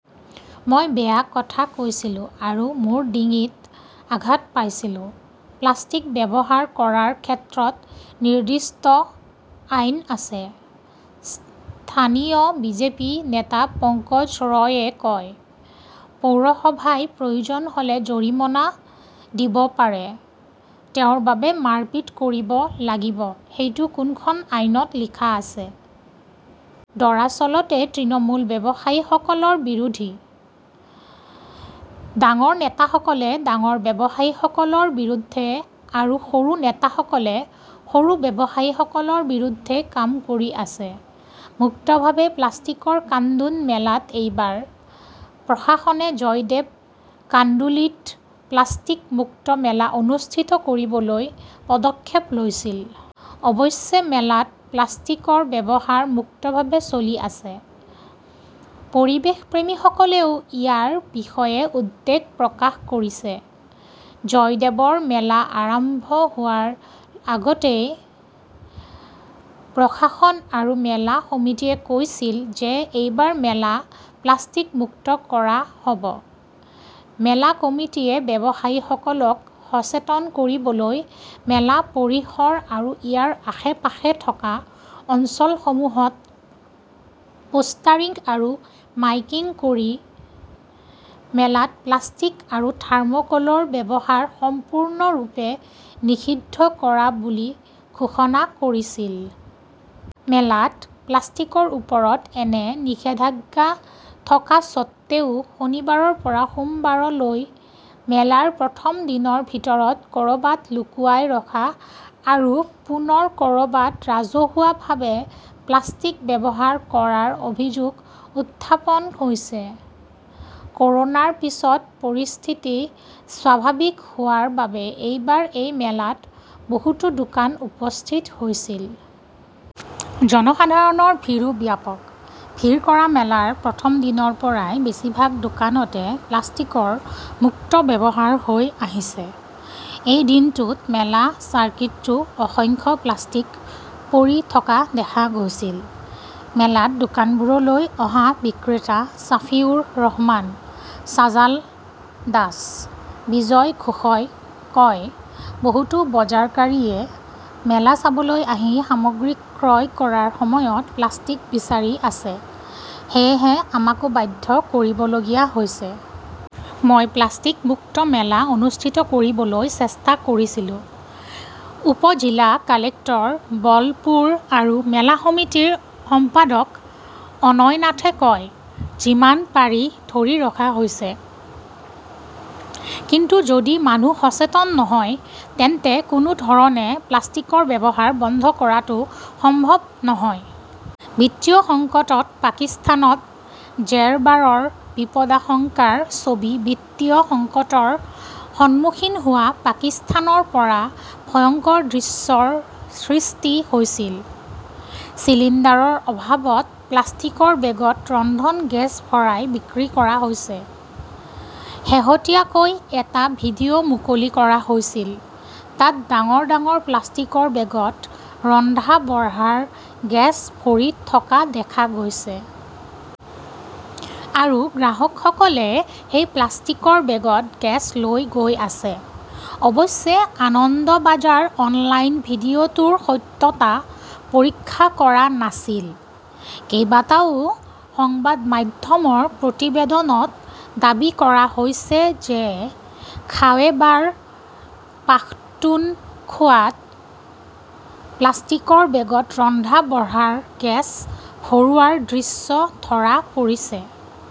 মইও বেয়া কথা কৈছিলোঁ আৰু মোৰ ডিঙিত আঘাত পাইছিলোঁ। প্লাষ্টিক ব্যৱহাৰ কৰাৰ ক্ষেত্ৰত নিৰ্দিষ্ট আইন আছে, স্থানীয় বিজেপি নেতা পঙ্কজ ৰয়ে কয়। পৌৰসভাই প্ৰয়োজন হ'লে জৰিমনা দিব পাৰে। তেওঁৰ বাবে মাৰপিট কৰিব লাগিব সেইটো কোনখন আইনত লিখা আছে? দৰাচলতে তৃণমূল ব্যৱসায়ীসকলৰ বিৰোধী। ডাঙৰ নেতাসকলে ডাঙৰ ব্যৱসায়ীসকলৰ বিৰুদ্ধে আৰু সৰু নেতাসকলে সৰু ব্যৱসায়ীসকলৰ বিৰুদ্ধে কাম কৰি আছে। মুক্তভাৱে প্লাষ্টিকৰ কান্দোন মেলাত এইবাৰ প্ৰশাসনে জয়দেৱ কাণ্ডুলিত প্লাষ্টিক মুক্ত মেলা অনুষ্ঠিত কৰিবলৈ পদক্ষেপ লৈছিল। অৱশ্যে, মেলাত প্লাষ্টিকৰ ব্যৱহাৰ মুক্তভাৱে চলি আছে। পৰিৱেশপ্ৰেমীসকলেও ইয়াৰ বিষয়ে উদ্বেগ প্ৰকাশ কৰিছে। জয়দেৱৰ মেলা আৰম্ভ হোৱাৰ আগতেই প্ৰশাসন আৰু মেলা সমিতিয়ে কৈছিল যে এইবাৰ মেলা প্লাষ্টিক মুক্ত কৰা হ'ব। মেলা কমিটীয়ে ব্যৱসায়ীসকলক সচেতন কৰিবলৈ মেলা পৰিসৰ আৰু ইয়াৰ আশে-পাশে থকা অঞ্চলসমূহত পোষ্টাৰিং আৰু মাইকিং কৰি মেলাত প্লাষ্টিক আৰু থাৰ্মোকোলৰ ব্যৱহাৰ সম্পূৰ্ণৰূপে নিষিদ্ধ কৰা বুলি ঘোষণা কৰিছিল। মেলাত প্লাষ্টিকৰ ওপৰত এনে নিষেধাজ্ঞা থকা স্বত্বেও, শনিবাৰৰ পৰা সোমবাৰলৈ মেলাৰ প্ৰথম দিনৰ ভিতৰত ক'ৰবাত লুকুৱাই ৰখা আৰু পুনৰ ক'ৰবাত ৰাজহুৱাভাৱে প্লাষ্টিক ব্যৱহাৰ কৰাৰ অভিযোগ উত্থাপন হৈছে। ক'ৰোনাৰ পিছত পৰিস্থিতি স্বাভাৱিক হোৱাৰ বাবে এইবাৰ এই মেলাত বহুতো দোকান উপস্থিত হৈছিল। জনসাধাৰণৰ ভিৰো ব্যাপক। ভিৰ কৰা মেলাৰ প্ৰথম দিনৰ পৰাই বেছিভাগ দোকানতে প্লাষ্টিকৰ মুক্ত ব্যৱহাৰ হৈ আহিছে। এই দিনটোত মেলা চাৰ্কিটতো অসংখ্য প্লাষ্টিক পৰি থকা দেখা গৈছিল। মেলাত দোকানবোৰলৈ অহা বিক্ৰেতা শ্বফিউৰ ৰহমান, ছাজাল দাস, বিজয় ঘোষই কয়, বহুতো বজাৰকাৰীয়ে মেলা চাবলৈ আহি সামগ্ৰী ক্ৰয় কৰাৰ সময়ত প্লাষ্টিক বিচাৰি আছে, সেয়েহে আমাকো বাধ্য কৰিবলগীয়া হৈছে। মই প্লাষ্টিক মুক্ত মেলা অনুষ্ঠিত কৰিবলৈ চেষ্টা কৰিছিলো, উপ-জিলা কালেক্টৰ বলপুৰ আৰু মেলা সমিতিৰ সম্পাদক অয়ননাথে কয়। যিমান পাৰি ধৰি ৰখা হৈছে। কিন্তু যদি মানুহে সচেতন নহয় তেন্তে কোনো ধৰণে প্লাষ্টিকৰ ব্যৱহাৰ বন্ধ কৰাটো সম্ভৱ নহয়। বিত্তীয় সংকটত পাকিস্তানত জেৰবাৰৰ বিপদাশংকাৰ ছবি বিত্তীয় সংকটৰ সন্মুখীন হোৱা পাকিস্তানৰ পৰা ভয়ংকৰ দৃশ্যৰ সৃষ্টি হৈছিল। চিলিণ্ডাৰৰ অভাৱত প্লাষ্টিকৰ বেগত ৰন্ধন গেছ ভৰাই বিক্ৰী কৰা হৈছে। শেহতীয়াকৈ এটা ভিডিঅ মুকলি কৰা হৈছিল। তাত ডাঙৰ ডাঙৰ প্লাষ্টিকৰ বেগত ৰন্ধা-বঢ়াৰ গেছ ভৰি থকা দেখা গৈছে। আৰু গ্ৰাহকসকলে সেই প্লাষ্টিকৰ বেগত গেছ লৈ গৈ আছে! অৱশ্যে আনন্দবাজাৰ অনলাইন ভিডিঅটোৰ সত্যতা পৰীক্ষা কৰা নাছিল। কেইবাটাও সংবাদ মাধ্যমৰ প্ৰতিবেদনত দাবী কৰা হৈছে যে খাৱেবাৰ পাখতুনখোৱাত প্লাষ্টিকৰ বেগত ৰন্ধা-বঢ়াৰ গেছ ভৰোৱাৰ দৃশ্য ধৰা পৰিছে।